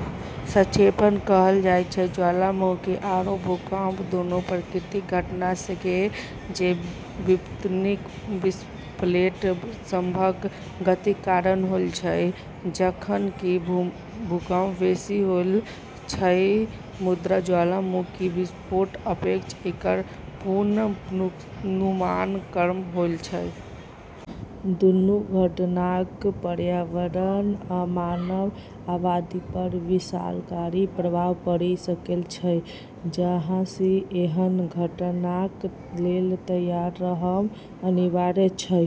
संक्षेपमे कहल जाय तऽ ज्वालामुखी आओर भूकंप दूनू प्राकृतिक घटना छेकै जे विवर्तनिक प्लेट सभक गतिक कारण होइत छै। जखन कि भूकंप बेसी होइत अछि मुदा ज्वालामुखी विस्फोटक अपेक्षा एकर पूर्वानुमान कम होइत अछि। दूनू घटनाक पर्यावरण आ मानव आबादीपर विनाशकारी प्रभाव पड़ि सकैत अछि जाहिसँ एहन घटनाक लेल तैयार रहब अनिवार्य अछि।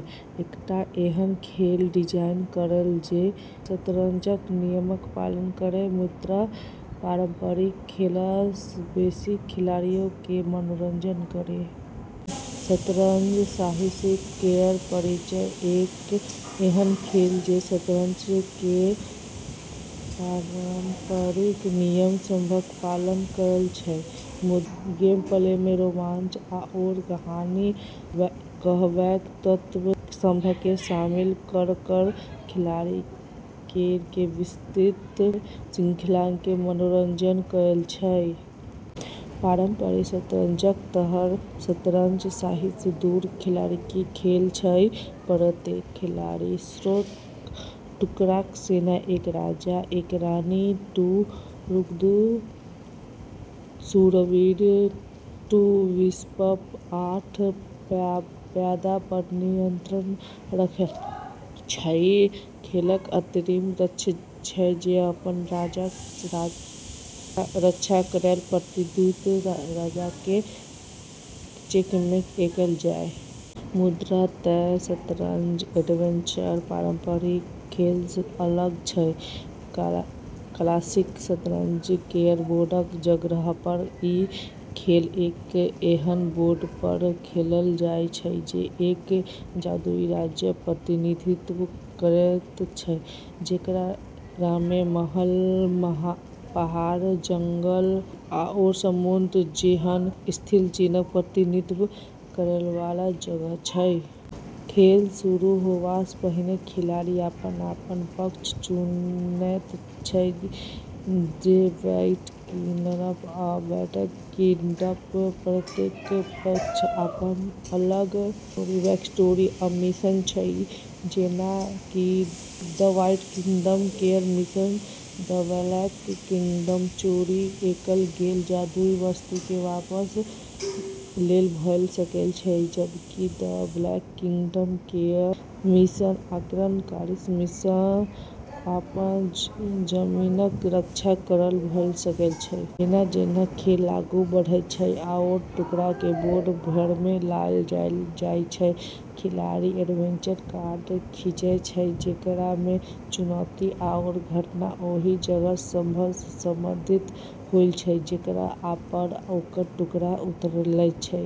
एकटा एहन खेल डिजाइन करू जे शतरंजक नियमक पालन करए मुदा पारंपरिक खेलसँ बेसी खिलाड़ीकेँ मनोरंजन करए। शतरंज साहसिक केर परिचय एक एहन खेल जे शतरंज केर पारंपरिक नियम सभक पालन करैत छै मुदा गेमप्लेमे रोमांच आओर कहानी कहबैक तत्व सभकेँ शामिल कऽ कऽ खिलाड़ी केर एक विस्तृत श्रृंखलाकेँ मनोरंजन करैत छै। पारंपरिक शतरंजक तरह शतरंज साहसिक दू खिलाड़ीक खेल छै। प्रत्येक खिलाड़ी सोह्र टुकड़ाक सेना एक राजा एक रानी दू रूक दू शूरवीर दू बिशप आ आठ प्यादा पर नियंत्रण रखैत अछि। खेलक अंतिम लक्ष्य छै जे अपन राजाक रक्षा करैत प्रतिद्वंदीक राजाकेँ चेकमेट कएल जाय। मुदा एतय शतरंज एडवेंचर पारंपरिक खेलसँ अलग छै। क्लासिक शतरंज केर बोर्डक जगहपर ई खेल एक एहन बोर्डपर खेलल जाइत छै जे एक जादुई राज्यक प्रतिनिधित्व करैत छै जेकरामे महल पहाड़ जंगल आओर समुद्र जेहन स्थलचिह्नक प्रतिनिधित्व करैवाला जगह छै। खेल शुरू होबासँ पहिने खिलाड़ी अपन अपन पक्ष चुनैत छै द व्हाइट किंगडम वा द ब्लैक किंगडम। प्रत्येक पक्षक अपन अलग बैकस्टोरी आ मिशन छै। जेना कि द व्हाइट किंगडम केर मिशन द ब्लैक किंगडमसँ चोरी कएल गेल जादुई वस्तुकेँ वापस लेब भऽ सकैत छै जबकि द ब्लैक किंगडम केर मिशन आक्रमणकारीसँ अपन जमीनक रक्षा करब भऽ सकैत छै। जेना जेना खेल आगू बढ़ैत छै आओर टुकड़ाकेँ बोर्ड भरिमे लऽ जायल जाइत छै खिलाड़ी एडवेंचर कार्ड खींचैत छै जेकरामे चुनौती आओर घटना ओहि जगह सभसँ संबंधित होइत छै जेकरापर ओकर टुकड़ा उतरैत छै।